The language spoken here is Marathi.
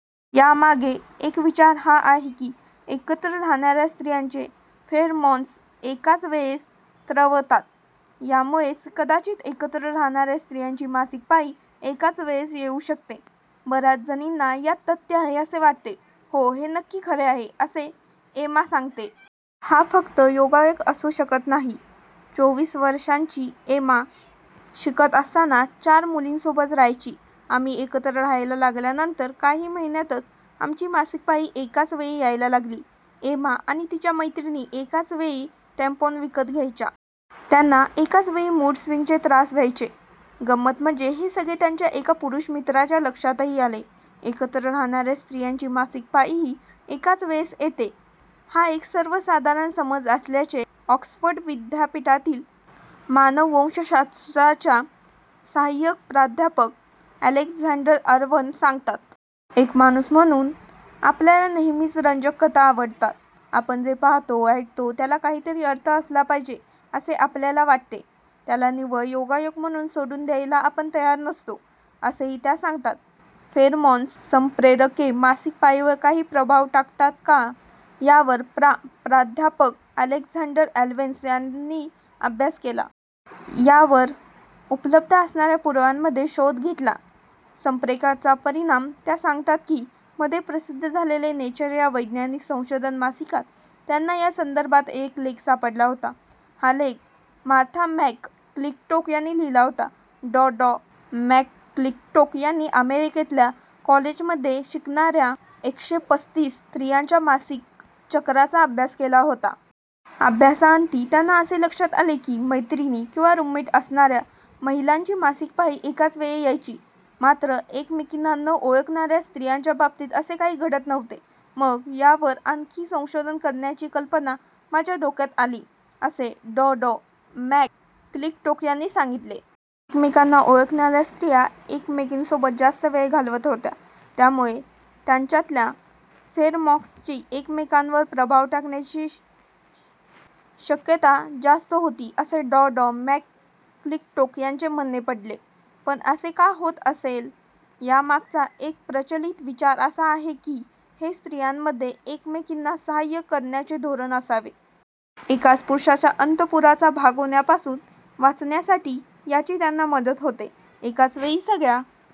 यामागे एक विचार हा आहे की, एकत्र राहणाऱ्या स्त्रियांचे फेरमॉन्स एकाच वेळेस स्त्रवतात. यामुळेच कदाचित एकत्र राहणाऱ्या स्त्रियांची मासिक पाळी एकाच वेळेस येऊ शकते. बऱ्याच जणींना यात तथ्य आहे, असे वाटते. "हो, हे नक्कीच खरे आहे," असे एमा सांगते. "हा फक्त योगायोग असू शकत नाही." चोवीस वर्षांची एमा शिकत असताना चार मुलींसोबत राहायची. "आम्ही एकत्र राहायला लागल्यानंतर काही महिन्यांतच आमची मासिक पाळी एकाच वेळी यायला लागली." एमा आणि तिच्या मैत्रिणी एकाच वेळी टॅम्पॉन विकत घ्यायच्या. त्यांना एकाच वेळी मूडस्विंगचे त्रास व्हायचे. गंमत म्हणजे हे सगळे त्यांच्या एका पुरुष मित्राच्या लक्षातही आले. एकत्र राहणाऱ्या स्त्रियांची मासिक पाळीही एकाच वेळेस येते हा एक सर्वसाधारण समज असल्याचे ऑक्सफर्ड विद्यापीठातील मानववंशशास्त्राच्या साहाय्यक प्राध्यापक अलेक्झांड्रा ॲलव्हर्न सांगतात. "एक माणूस म्हणून आपल्याला नेहमीच रंजक कथा आवडतात. आपण जे पाहतो, ऐकतो त्याला काहीतरी अर्थ असला पाहिजे, असे आपल्याला वाटते. त्याला निव्वळ योगायोग म्हणून सोडून द्यायला आपण तयार नसतो", असेही त्या सांगतात. फेरमॉन्स संप्रेरके मासिक पाळीवर काही प्रभाव टाकतात का, यावर प्रा प्राध्यापक अलेक्झांड्रा ॲलव्हर्न यांनी अभ्यास केला. यावर उपलब्ध असणाऱ्या पुराव्यांचा शोध घेतला. संप्रेरकांचा परिणाम? त्या सांगतात की, मध्ये प्रसिद्ध झालेल्या नेचर या वैज्ञानिक संशोधन मासिकात त्यांना या संदर्भात एक लेख सापडला. हा लेख मार्था मॅकक्लिंटोक यांनी लिहिला होता. डॉ डॉ मॅकक्लिंटोक यांनी अमेरिकेतल्या कॉलेजमध्ये शिकणाऱ्या एकशे पस्तीस स्त्रियांच्या मासिक चक्राचा अभ्यास केला होता. अभ्यासाअंती त्यांना असे लक्षात आले की, मैत्रिणी किंवा रूममेट असणाऱ्या महिलांची मासिक पाळी एकाच वेळी यायची. मात्र एकमेकींना न ओळखणाऱ्या स्त्रियांच्या बाबतीत असे काही घडत नव्हते. "मग यावरच आणखी संशोधन करण्याची कल्पना माझ्या डोक्यात आली", असे डॉ डॉ मॅकक्लिंटोक यांनी सांगितले. एकमेकींना ओळखणाऱ्या स्त्रिया एकमेकींसोबत जास्त वेळ घालवत होत्या. त्यामुळे त्यांच्यातल्या फेरमॉन्सनी एकमेकांवर प्रभाव टाकण्याची शक्यता जास्ती होती असे डॉ डॉ मॅकक्लिंटोक यांचे म्हणणे पडले. पण असे का होत असेल? यामागचा एक प्रचलित विचार असा आहे की, हे स्त्रियांमधले एकमेकींना साहाय्य करण्याचे धोरण असावे. एकाच पुरुषाच्या अंतःपुराचा भाग होण्यापासून वाचण्यासाठी याची त्यांना मदत होते. एकाच वेळी सगळ्या